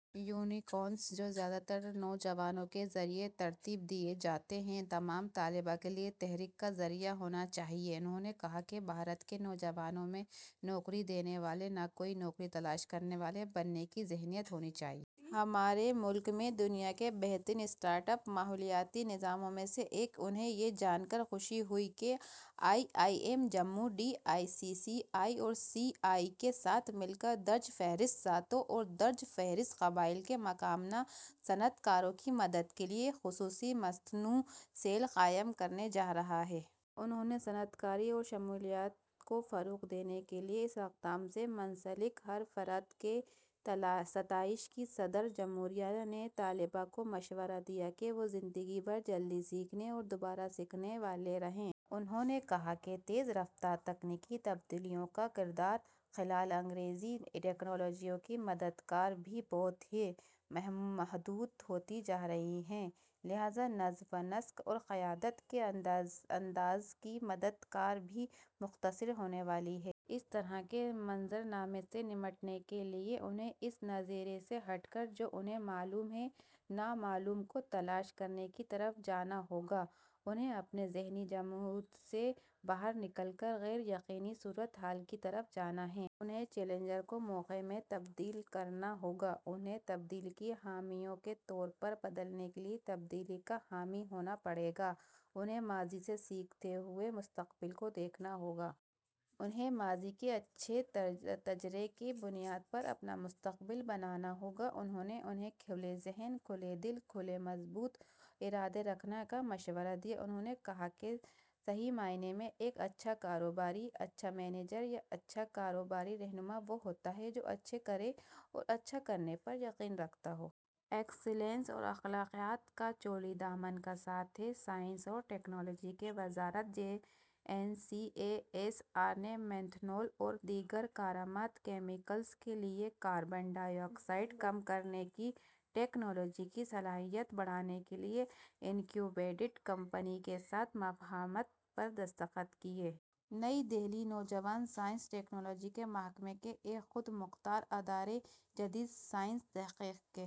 Unicorns, جو زیادہ تر نوجوانوں کے ذریعے ترتیب دیے جاتے ہیں، تمام طلباء کے لیے تحریک کا ذریعہ ہونے چاہئیں۔ انہوں نے کہا کہ بھارت کے نوجوانوں میں نوکری دینے والے، نہ کہ نوکری تلاش کرنے والے، بننے کی ذہنیت ہونی چاہیے۔ ہمارے ملک میں دنیا کے بہترین اسٹارٹ اپ ماحولیاتی نظاموں میں سے ایک ہے۔ انہیں یہ جان کر خوشی ہوئی کہ I I M Jammu, D I C C I اور سی آئی آئی کے ساتھ مل کر درج فہرست ذاتوں اور درج فہرست قبائل کے ممکنہ صنعت کاروں کی مدد کے لیے ایک خصوصی متنوع سیل قائم کرنے جا رہا ہے۔ انہوں نے صنعت کاری اور شمولیت کو فروغ دینے کے لیے اس اقدام سے منسلک ہر فرد کی ستائش کی۔ صدر جمہوریہ نے طلباء کو مشورہ دیا کہ وہ زندگی بھر جلدی سیکھنے اور دوبارہ سیکھنے والے رہیں۔ انہوں نے کہا کہ تیز رفتار تکنیکی تبدیلیوں کا کردار خلل انگیز ہے۔ ٹیکنالوجیوں کی مدت کار بھی بہت ہی محدود ہوتی جا رہی ہے۔ لہٰذا، نظم و نسق اور قیادت کے انداز کی مدت کار بھی مختصر ہونے والی ہے۔ اس طرح کے منظرنامے سے نمٹنے کے لیے انہیں اس نظریے سے ہٹ کر جو انہیں معلوم ہے، نامعلوم کو تلاش کرنے کی طرف جانا ہوگا۔ انہیں اپنے ذہنی جمود سے باہر نکل کر غیر یقینی صورت حال کی طرف جانا ہے۔ انہیں چیلنجز کو مواقع میں تبدیل کرنا ہوگا۔ انہیں تبدیلی کے حامیوں کے طور پر بدلنے کے لیے تبدیلی کا حامی ہونا پڑے گا۔ انہیں ماضی سے سیکھتے ہوئے مستقبل کو دیکھنا ہوگا۔ انہیں ماضی کے اچھے تجربے کی بنیاد پر اپنا مستقبل بنانا ہوگا۔ انہوں نے انہیں کھلے ذہن، کھلے دل اور مضبوط ارادہ رکھنے کا مشورہ دیا۔ انہوں نے کہا کہ صحیح معنی میں ایک اچھا کاروباری، اچھا مینیجر یا اچھا کاروباری رہنما وہ ہوتا ہے جو اچھا کرے اور اچھا کرنے پر یقین رکھتا ہو۔ ایکسیلنس اور اخلاقیات کا چولی دامن کا ساتھ ہے۔ سائنس اور ٹیکنالوجی کی وزارت، J N C A S R نے میتھنول اور دیگر کارآمد کیمیکلز کے لیے کاربن ڈائی آکسائیڈ کم کرنے کی ٹیکنالوجی کی صلاحیت بڑھانے کے لیے انکیوبیٹڈ کمپنی کے ساتھ مفاہمت پر دستخط کیے۔ نئی دہلی، نو جون۔ سائنس اور ٹیکنالوجی کے محکمے کے ایک خود مختار ادارے، جدید سائنسی تحقیق کے